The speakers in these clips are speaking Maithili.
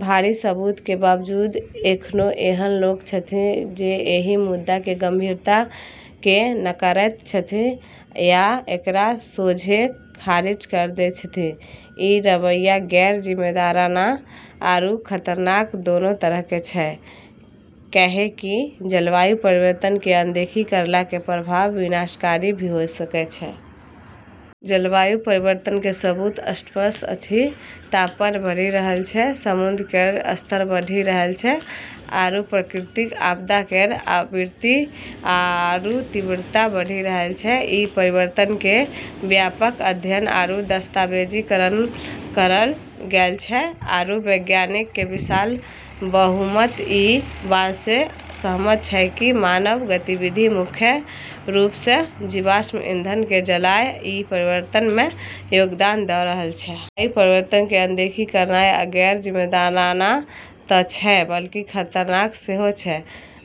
भारी सबूत के बावजूद एखनो एहन लोक छथि जे एहि मुद्दा के गंभीरता के नकारैत छथि, या एकरा सोझे खारिज क दैत छथि। ई रवैया गैर जिम्मेदाराना आरू खतरनाक दोनों तरह के छै, कैन्हेंकि जलवायु परिवर्तन के अनदेखी करला के प्रभाव विनाशकारी भी होय सकै छै। जलवायु परिवर्तन के सबूत स्पष्ट अछि। तापमान बढ़ी रहलऽ छै, समुद्र केरऽ स्तर बढ़ी रहलऽ छै, आरू प्राकृतिक आपदा केरऽ आवृत्ति आरू तीव्रता बढ़ी रहलऽ छै। ई परिवर्तनऽ के व्यापक अध्ययन आरू दस्तावेजीकरण करलऽ गेलऽ छै, आरू वैज्ञानिकऽ के विशाल बहुमत ई बात स॑ सहमत छै कि मानव गतिविधि, मुख्य रूप स॑ जीवाश्म ईंधन के जलाय, ई परिवर्तन म॑ योगदान द॑ रहलऽ छै। जलवायु परिवर्तन के अनदेखी करनाय गैर जिम्मेदाराना त छै, बल्कि खतरनाक सेहो छै.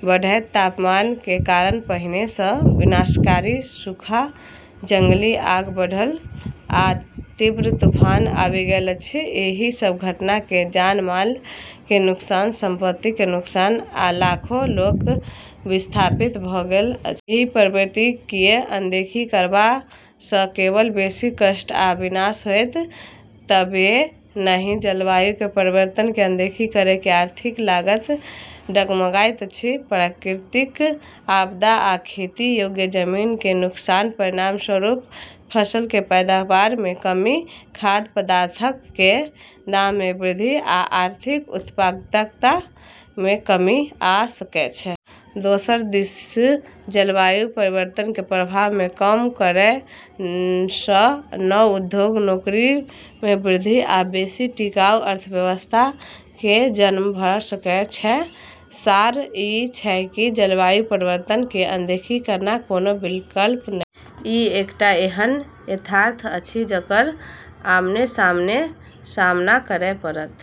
बढ़ैत तापमान के कारण पहिने सं विनाशकारी सूखा, जंगली आग बढ़ल, आ तीव्र तूफान आबि गेल अछि. एहि सब घटना मे जान-माल के नुकसान, संपत्ति के नुकसान, आ लाखों लोक के विस्थापित भ गेल अछि. एहि प्रवृत्ति कए अनदेखी करबा स केवल बेसी कष्ट आ विनाश होएत। एतबे नहिं जलवायु परिवर्तन के अनदेखी करय के आर्थिक लागत डगमगाइत अछि. प्राकृतिक आपदा आ खेती योग्य जमीन कें नुकसान कें परिणामस्वरूप फसल कें पैदावार मे कमी, खाद्य पदार्थक कें दाम मे वृद्धि, आ आर्थिक उत्पादकता मे कमी आ सकय छै. दोसर दिस जलवायु परिवर्तन कें प्रभाव कें कम करय सं नव उद्योग, नौकरी मे वृद्धि, आ बेसि टिकाऊ अर्थव्यवस्था कें जन्म भ सकय छै. सार ई छै कि जलवायु परिवर्तन के अनदेखी करना कोनो विकल्प नै छै। ई एकटा एहन यथार्थ अछि जकर आमने-सामने सामना करय पड़त।